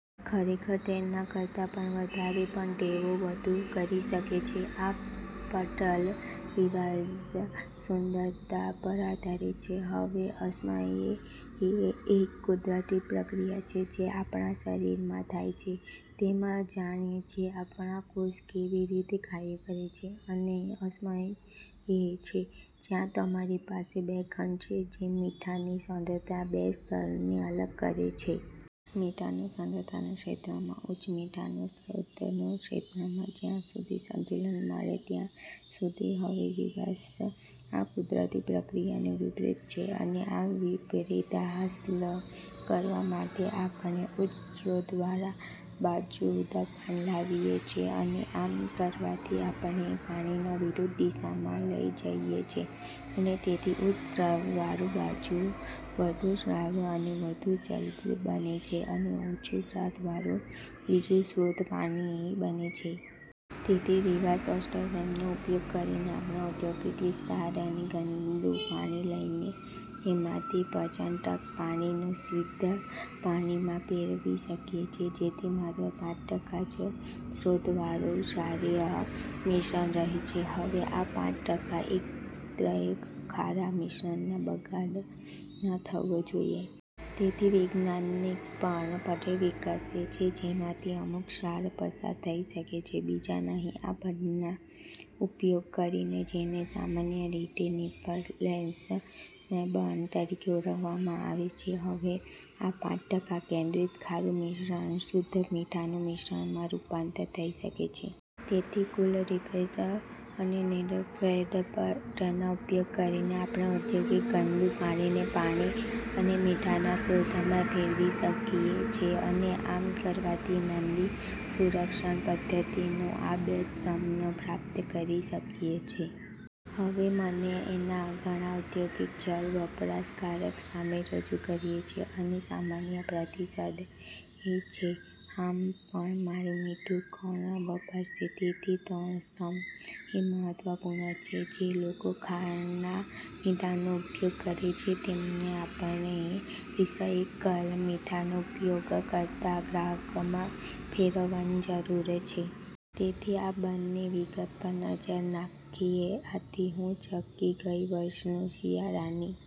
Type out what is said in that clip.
ખરેખર, તેના કરતા પણ વધારે. પણ તેઓ વધુ કરી શકે છે. આ પટલ રિવર્સ ઓસ્મોસિસના સિદ્ધાંત પર આધારિત છે. હવે ઓસ્મોસિસ એ એક કુદરતી પ્રક્રિયા છે જે આપણા શરીરમાં થાય છે. તમે જાણો છો, આપણાં કોષો કેવી રીતે કાર્ય કરે છે અને ઓસ્મોસિસ એ છે જ્યાં તમારી પાસે બે ખંડો છે, જે મીઠાની સાંદ્રતાના બે સ્તરોને અલગ કરે છે. મીઠાની સાંદ્રતાના ક્ષેત્રમાંથી ઉચ્ચ મીઠાની સાંદ્રના ક્ષેત્રમાં, જ્યાં સુધી સંતુલન મળે ત્યાં સુધી. હવે રિવર્સ ઓસ્મોસિસ, આ કુદરતી પ્રક્રિયાનું વિપરીત છે અને આ વિપરીત હાંસલ કરવા માટે, આપણે ઉચ્ચ સાંદ્વવાળી બાજુ દબાણ લાવીએ છીએ અને આમ કરવાથી, આપણે પાણીને વિરુદ્ધ દિશામાં લઈ જઈએ છીએ અને તેથી ઉચ્ચ સાંદ્રવાળી બાજુ વધુ ક્ષારીય અને વધુ જલદ બને છે, અને ઓછી સાંદ્રતાવાળી બાજુ શુદ્ધ પાણી બને છે. તેથી રિવર્સ ઓસ્મોસિસનો ઉપયોગ કરીને આપણે ઔદ્યોગિક વિસ્તારનું ગંદુ પાણી લઈને તેમાંથી પંચાણું ટકા પાણીને શુદ્ધ પાણીમાં ફેરવી શકીએ છીએ, જેથી માત્ર પાંચ ટકા જ સાંદ્રવાળુ ક્ષારીય મિશ્રણ રહે છે. હવે, આ પાંચ ટકા એકત્રિત ખારા મિશ્રણનો બગાડ ન થવો જોઈએ. તેથી વૈજ્ઞાનિકો પણ પટલ વિકસાવે છે, જેમાંથી અમુક ક્ષાર પસાર થઈ શકે છે બીજા નહીં. આ પટલનો ઉપયોગ કરીને, જેને સામાન્ય રીતે નેનો મેમ્બ્રેન તરીકે ઓળખવામાં આવે છે, હવે આ પાંચ ટકા કેન્દ્રિત ખારું મિશ્રણ શુદ્ધ મીઠાના મિશ્રણમાં રૂપાંતરિત થઈ શકે છે. તેથી કુલ રિવર્સ અને નેનોફિલ્ટરેશન પટલનો ઉપયોગ કરીને, આપણે ઔદ્યોગિક ગંદા પાણીને પાણી અને મીઠાના સ્રોતમાં ફેરવી શકીએ છીએ અને આમ કરવાથી, નદી સંરક્ષણ પદ્ધતિના આ બે સ્તંભોને પ્રાપ્ત કરી શકીએ છીએ. હવે, મેં આને ઘણા ઔદ્યોગિક જળ વપરાશકારો સામે રજૂ કર્યું છે અને સામાન્ય પ્રતિસાદ એ છે, "હા, પણ મારું મીઠું કોણ વાપરશે? " તેથી ત્રીજો સ્તંભ એ મહત્વપૂર્ણ છે, જે લોકો ખાણના મીઠાનો ઉપયોગ કરે છે તેમને આપણે રીસાઈકલ મીઠાનો ઉપયોગ કરતાં ગ્રાહકોમાં ફેરવવાની જરૂર છે. તેથી આ બંને વિગતો પર નજર નાખીએ. આથી, હું ચોંકી ગઈ વર્ષની શિયાળાની